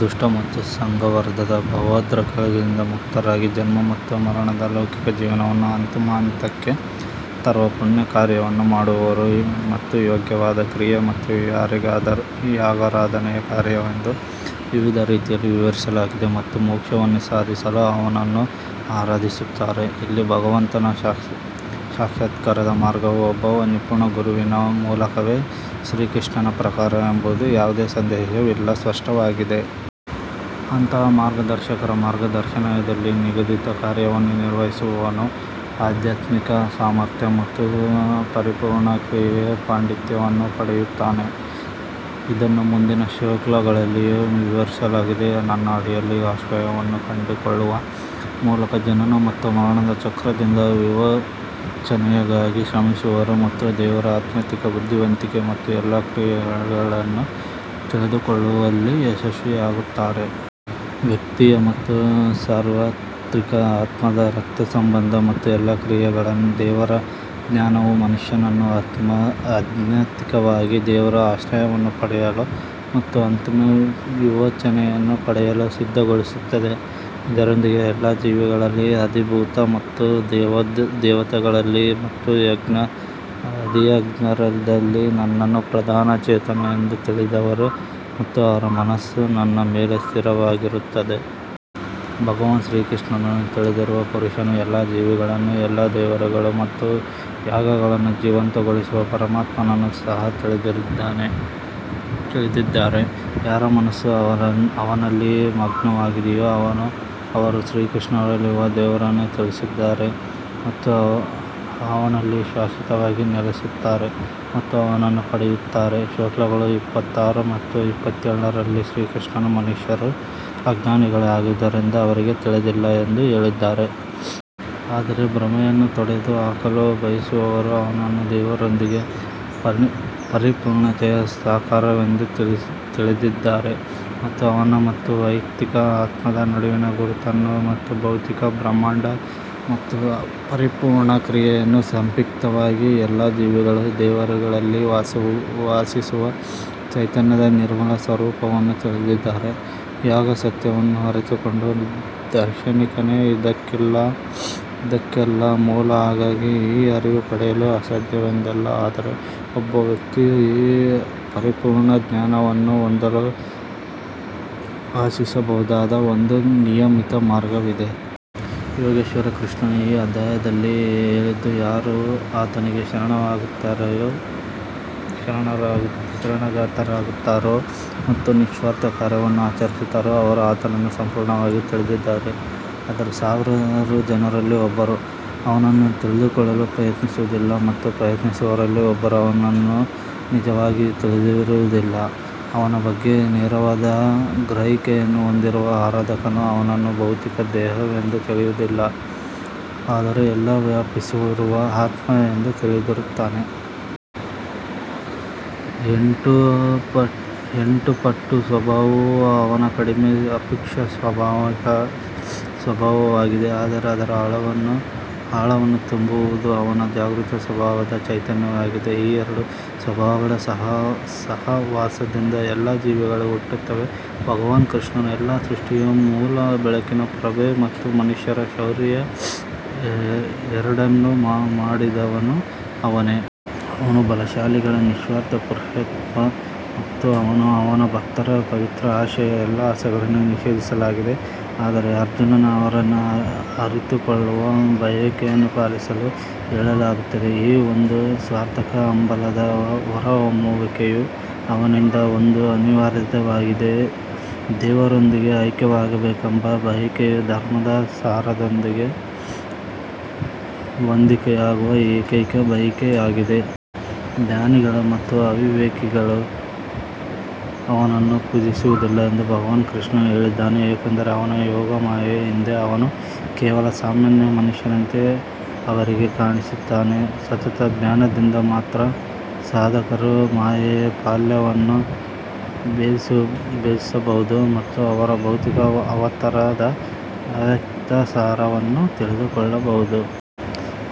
ದುಷ್ಟ ಮತ್ತು ಸಂಘರ್ಷದ ಭಾವೋದ್ರೇಕಗಳಿಂದ ಮುಕ್ತರಾಗಿ ಜನ್ಮ ಮತ್ತು ಮರಣದ ಲೌಕಿಕ ಜೀವನವನ್ನು ಅಂತಿಮ ಅಂತ್ಯಕ್ಕೆ ತರುವ ಪುಣ್ಯ ಕಾರ್ಯವನ್ನು ಮಾಡುವವರು ಮತ್ತು ಯೋಗ್ಯವಾದ ಕ್ರಿಯೆ ಮತ್ತು ಯಾಗಾರಾಧನೆಯ ಕಾರ್ಯವೆಂದು ವಿವಿಧ ರೀತಿಯಲ್ಲಿ ವಿವರಿಸಲಾಗಿದೆ ಮತ್ತು ಮೋಕ್ಷವನ್ನು ಸಾಧಿಸಲು ಅವನನ್ನು ಆರಾಧಿಸುತ್ತಾರೆ. ಇಲ್ಲಿ ಭಗವಂತನ ಸಾಕ್ಷಾತ್ಕಾರದ ಮಾರ್ಗವು ಒಬ್ಬ ನಿಪುಣ ಗುರುವಿನ ಮೂಲಕವೇ ಶ್ರೀಕೃಷ್ಣನ ಪ್ರಕಾರ ಎಂಬುದು ಯಾವುದೇ ಸಂದೇಹವಿಲ್ಲದೆ ಸ್ಪಷ್ಟವಾಗಿದೆ. ಅಂತಹ ಮಾರ್ಗದರ್ಶಕರ ಮಾರ್ಗದರ್ಶನದಲ್ಲಿ ನಿಗದಿತ ಕಾರ್ಯವನ್ನು ನಿರ್ವಹಿಸುವವನು ಆಧ್ಯಾತ್ಮಿಕ ಸಾಮರ್ಥ್ಯ ಮತ್ತು ಪರಿಪೂರ್ಣ ಕ್ರಿಯೆಯ ಪಾಂಡಿತ್ಯವನ್ನು ಪಡೆಯುತ್ತಾನೆ. ಇದನ್ನು ಮುಂದಿನ ಶ್ಲೋಕಗಳಲ್ಲಿಯೂ ವಿವರಿಸಲಾಗಿದೆ. ನನ್ನ ಅಡಿಯಲ್ಲಿ ಆಶ್ರಯವನ್ನು ಕಂಡುಕೊಳ್ಳುವ ಮೂಲಕ ಜನನ ಮತ್ತು ಮರಣದ ಚಕ್ರದಿಂದ ವಿಮೋಚನೆಗಾಗಿ ಶ್ರಮಿಸುವವರು ಮಾತ್ರ ದೇವರ ಆಧ್ಯಾತ್ಮಿಕ ಬುದ್ಧಿವಂತಿಕೆ ಮತ್ತು ಎಲ್ಲಾ ಕ್ರಿಯೆಗಳನ್ನು ತಿಳಿದುಕೊಳ್ಳುವಲ್ಲಿ ಯಶಸ್ವಿಯಾಗುತ್ತಾರೆ. ವ್ಯಕ್ತಿಯ ಮತ್ತು ಸಾರ್ವತ್ರಿಕ ಆತ್ಮದ ರಕ್ತಸಂಬಂಧ ಮತ್ತು ಎಲ್ಲಾ ಕ್ರಿಯೆಗಳ ದೇವರ ಜ್ಞಾನವು ಮನುಷ್ಯನನ್ನು ಆಧ್ಯಾತ್ಮಿಕವಾಗಿ ದೇವರ ಆಶ್ರಯವನ್ನು ಪಡೆಯಲು ಮತ್ತು ಅಂತಿಮ ವಿಮೋಚನೆಯನ್ನು ಪಡೆಯಲು ಸಿದ್ಧಗೊಳಿಸುತ್ತದೆ. ಇದರೊಂದಿಗೆ ಎಲ್ಲ ಜೀವಿಗಳಲ್ಲಿ ಅಧಿಭೂತ ಮತ್ತು ದೇವತೆಗಳಲ್ಲಿ ಮತ್ತು ಯಜ್ಞ ಅಧಿಯಜ್ಞದಲ್ಲಿ ನನ್ನನ್ನು ಪ್ರಧಾನ ಚೇತನ ಎಂದು ತಿಳಿದವರು ಮತ್ತು ಅವರ ಮನಸ್ಸು ನನ್ನ ಮೇಲೆ ಸ್ಥಿರವಾಗಿರುತ್ತದೆ. ಭಗವಾನ್ ಶ್ರೀಕೃಷ್ಣನನ್ನು ತಿಳಿದಿರುವ ಪುರುಷರು ಎಲ್ಲಾ ಜೀವಿಗಳನ್ನು ಎಲ್ಲಾ ದೇವರುಗಳು ಮತ್ತು ಯಾಗಗಳನ್ನು ಜೀವಂತಗೊಳಿಸುವ ಪರಮಾತ್ಮನನ್ನು ಸಹ ತಿಳಿದಿದ್ದಾರೆ. ಯಾರ ಮನಸ್ಸು ಅವನಲ್ಲಿ ಮಗ್ನವಾಗಿದೆಯೋ ಅವರು ಶ್ರೀಕೃಷ್ಣನಲ್ಲಿರುವ ದೇವರನ್ನು ತಿಳಿದಿದ್ದಾರೆ ಮತ್ತು ಅವನಲ್ಲಿ ಶಾಶ್ವತವಾಗಿ ನೆಲೆಸುತ್ತಾರೆ ಮತ್ತು ಅವನನ್ನು ಪಡೆಯುತ್ತಾರೆ. ಶ್ಲೋಕಗಳು ಇಪ್ಪತ್ತಾರು ಮತ್ತು ಇಪ್ಪತ್ತೇಳರಲ್ಲಿ ಶ್ರೀಕೃಷ್ಣನು ಮನುಷ್ಯರು ಅಜ್ಞಾನಿಗಳಾಗಿರುವುದರಿಂದ ಅವರಿಗೆ ತಿಳಿದಿಲ್ಲ ಎಂದು ಹೇಳಿದ್ದಾರೆ. ಆದರೆ ಭ್ರಮೆಯನ್ನು ತೊಡೆದುಹಾಕಲು ಬಯಸುವವರು ಅವನನ್ನು ದೇವರೊಂದಿಗೆ ಪರಿಪೂರ್ಣತೆಯ ಸಾಕಾರವೆಂದು ತಿಳಿದಿದ್ದಾರೆ ಮತ್ತು ಅವನ ಮತ್ತು ವೈಯಕ್ತಿಕ ಆತ್ಮದ ನಡುವಿನ ಗುರುತನ್ನು ಮತ್ತು ಭೌತಿಕ ಬ್ರಹ್ಮಾಂಡ ಮತ್ತು ಪರಿಪೂರ್ಣ ಕ್ರಿಯೆಯನ್ನು ಸಂಕ್ಷಿಪ್ತವಾಗಿ ಎಲ್ಲಾ ಜೀವಿಗಳು ದೇವರುಗಳಲ್ಲಿ ವಾಸಿಸುವ ಚೈತನ್ಯದ ನಿರ್ಮಲ ಸ್ವರೂಪವನ್ನು ತಿಳಿದಿದ್ದಾರೆ. ಯಾಗ ಸತ್ಯವನ್ನು ಅರಿತುಕೊಂಡ ದಾರ್ಶನಿಕನೇ ಇದಕ್ಕೆಲ್ಲ ಮೂಲ ಹಾಗಾಗಿ ಈ ಅರಿವು ಪಡೆಯಲು ಅಸಾಧ್ಯವೆಂದಲ್ಲ ಆದರೆ ಒಬ್ಬ ವ್ಯಕ್ತಿಯು ಈ ಪರಿಪೂರ್ಣ ಜ್ಞಾನವನ್ನು ಹೊಂದಲು ಆಶಿಸಬಹುದಾದ ಒಂದು ನಿಯಮಿತ ಮಾರ್ಗವಿದೆ. ಯೋಗೇಶ್ವರ ಕೃಷ್ಣನು ಈ ಅಧ್ಯಾಯದಲ್ಲಿ ಹೇಳಿದ್ದು ಯಾರು ಆತನಿಗೆ ಶರಣಾಗತರಾಗುತ್ತಾರೋ ಮತ್ತು ನಿಸ್ವಾರ್ಥ ಕಾರ್ಯವನ್ನು ಆಚರಿಸುತ್ತಾರೋ ಅವರು ಆತನನ್ನು ಸಂಪೂರ್ಣವಾಗಿ ತಿಳಿದಿದ್ದಾರೆ. ಆದರೆ ಸಾವಿರಾರು ಜನರಲ್ಲಿ ಒಬ್ಬರು ಅವನನ್ನು ತಿಳಿದುಕೊಳ್ಳಲು ಪ್ರಯತ್ನಿಸುವುದಿಲ್ಲ ಮತ್ತು ಪ್ರಯತ್ನಿಸುವವರಲ್ಲಿ ಒಬ್ಬರು ಅವನನ್ನು ನಿಜವಾಗಿಯೂ ತಿಳಿದಿರುವುದಿಲ್ಲ. ಅವನ ಬಗ್ಗೆ ನೇರವಾದ ಗ್ರಹಿಕೆಯನ್ನು ಹೊಂದಿರುವ ಆರಾಧಕನು ಅವನನ್ನು ಭೌತಿಕ ದೇಹವೆಂದು ತಿಳಿಯುವುದಿಲ್ಲ ಆದರೆ ಎಲ್ಲಾ ವ್ಯಾಪಿಸಿರುವ ಆತ್ಮ ಎಂದು ತಿಳಿಯುತ್ತಾನೆ. ಎಂಟು ಪಟ್ಟು ಸ್ವಭಾವವು ಅವನ ಕಡಿಮೆ ಅಸೂಕ್ಷ್ಮ ಸ್ವಭಾವವಾಗಿದೆ ಆದರೆ ಅದರ ಆಳವನ್ನು ತುಂಬುವುದು ಅವನ ಜಾಗೃತ ಸ್ವಭಾವವಾದ ಚೈತನ್ಯವಾಗಿದೆ. ಈ ಎರಡು ಸ್ವಭಾವಗಳ ಸಹವಾಸದಿಂದ ಎಲ್ಲ ಜೀವಿಗಳೂ ಹುಟ್ಟುತ್ತವೆ. ಭಗವಾನ್ ಕೃಷ್ಣನು ಎಲ್ಲಾ ಸೃಷ್ಟಿಯ ಮೂಲ ಬೆಳಕಿನ ಪ್ರಭೆ ಮತ್ತು ಮನುಷ್ಯರ ಶೌರ್ಯ ಎರಡನ್ನೂ ಮಾಡಿದವನು ಅವನೇ. ಅವನು ಬಲಶಾಲಿಗಳ ನಿಸ್ವಾರ್ಥ ಪುರುಷತ್ವ ಮತ್ತು ಅವನೂ ಅವನ ಭಕ್ತರ ಪವಿತ್ರ ಆಶಯ. ಎಲ್ಲಾ ಆಸೆಗಳನ್ನು ನಿಷೇಧಿಸಲಾಗಿದೆ ಆದರೆ ಅರ್ಜುನ ಅವರನ್ನು ಅರಿತುಕೊಳ್ಳುವ ಬಯಕೆಯನ್ನು ಪಾಲಿಸಲು ಹೇಳಲಾಗುತ್ತದೆ. ಈ ಒಂದು ಸಾರ್ಥಕ ಹಂಬಲದ ಹೊರಹೊಮ್ಮುವಿಕೆಯೂ ಅವನಿಂದ ಒಂದು ಆಶೀರ್ವಾದವಾಗಿದೆ. ದೇವರೊಂದಿಗೆ ಐಕ್ಯವಾಗಬೇಕೆಂಬ ಬಯಕೆಯು ಧರ್ಮದ ಸಾರದೊಂದಿಗೆ ಹೊಂದಿಕೆಯಾಗುವ ಏಕೈಕ ಬಯಕೆಯಾಗಿದೆ. ಅಜ್ಞಾನಿಗಳು ಮತ್ತು ಅವಿವೇಕಿಗಳು ಅವನನ್ನು ಪೂಜಿಸುವುದಿಲ್ಲ ಎಂದು ಭಗವಾನ್ ಕೃಷ್ಣನು ಹೇಳಿದ್ದಾನೆ ಏಕೆಂದರೆ ಅವನ ಯೋಗ ಮಾಯೆಯ ಹಿಂದೆ ಅವನು ಕೇವಲ ಸಾಮಾನ್ಯ ಮನುಷ್ಯನಂತೆ ಅವರಿಗೆ ಕಾಣಿಸುತ್ತಾನೆ. ಸತತ ಧ್ಯಾನದಿಂದ ಮಾತ್ರ ಸಾಧಕರು ಮಾಯೆಯ ಪಲ್ಯವನ್ನು ಭೇದಿಸಬಹುದು ಮತ್ತು ಅವರ ಭೌತಿಕ ಅವತಾರದ ಅವ್ಯಕ್ತ ಸಾರವನ್ನು ತಿಳಿದುಕೊಳ್ಳಬಹುದು.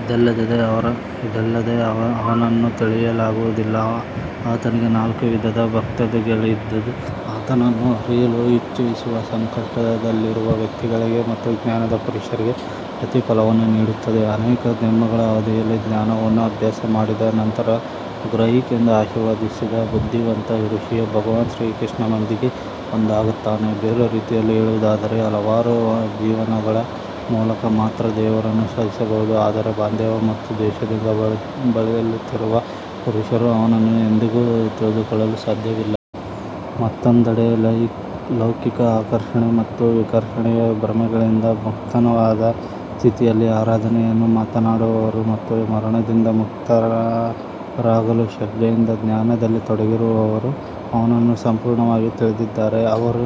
ಇದಿಲ್ಲದೆ ಅವನನ್ನು ತಿಳಿಯಲಾಗುವುದಿಲ್ಲ. ಆತನಿಗೆ ನಾಲ್ಕು ವಿಧದ ಭಕ್ತಾದಿಗಳಿದ್ದು ಆತನನ್ನು ಅರಿಯಲು ಇಚ್ಛಿಸುವ ಸಂಕಟದಲ್ಲಿರುವ ವ್ಯಕ್ತಿಗಳಿಗೆ ಮತ್ತು ಜ್ಞಾನದ ಪುರುಷರಿಗೆ ಪ್ರತಿಫಲವನ್ನು ನೀಡುತ್ತದೆ. ಅನೇಕ ಜನ್ಮಗಳ ಅವಧಿಯಲ್ಲಿ ಧ್ಯಾನವನ್ನು ಅಭ್ಯಾಸ ಮಾಡಿದ ನಂತರ ಗ್ರಹಿಕೆಯಿಂದ ಆಶೀರ್ವದಿಸಿದ ಬುದ್ಧಿವಂತ ಋಷಿಯು ಭಗವಾನ್ ಕೃಷ್ಣನೊಂದಿಗೆ ಒಂದಾಗುತ್ತಾನೆ. ಬೇರೆ ರೀತಿಯಲ್ಲಿ ಹೇಳುವುದಾದರೆ ಹಲವಾರು ಜೀವನಗಳ ಮೂಲಕ ಮಾತ್ರ ದೇವರನ್ನು ಸಾಧಿಸಬಹುದು ಆದರೆ ಬಾಂಧವ್ಯ ಮತ್ತು ದ್ವೇಷದಿಂದ ಬಳಲುತ್ತಿರುವ ಪುರುಷರು ಅವನನ್ನು ಎಂದಿಗೂ ತಿಳಿದುಕೊಳ್ಳಲು ಸಾಧ್ಯವಿಲ್ಲ. ಮತ್ತೊಂದೆಡೆ ಲೌಕಿಕ ಆಕರ್ಷಣೆ ಮತ್ತು ವಿಕರ್ಷಣೆಯ ಭ್ರಮೆಗಳಿಂದ ಮುಕ್ತವಾದ ಸ್ಥಿತಿಯಲ್ಲಿ ಆರಾಧನೆಯನ್ನು ಮಾಡುವವರು ಮತ್ತು ಮರಣದಿಂದ ಮುಕ್ತರಾಗಲು ಶ್ರದ್ಧೆಯಿಂದ ಧ್ಯಾನದಲ್ಲಿ ತೊಡಗಿರುವವರು ಅವನನ್ನು ಸಂಪೂರ್ಣವಾಗಿ ತಿಳಿದಿದ್ದಾರೆ. ಅವರು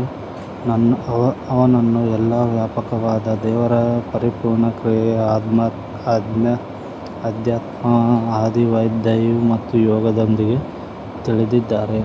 ಅವನನ್ನು ಎಲ್ಲಾ ವ್ಯಾಪಕವಾದ ದೇವರ ಪರಿಪೂರ್ಣ ಕ್ರಿಯೆಯ ಅಧ್ಯಾತ್ಮ ಅಧಿದೈವ್ ಮತ್ತು ಯಾಗದೊಂದಿಗೆ ತಿಳಿದಿದ್ದಾರೆ.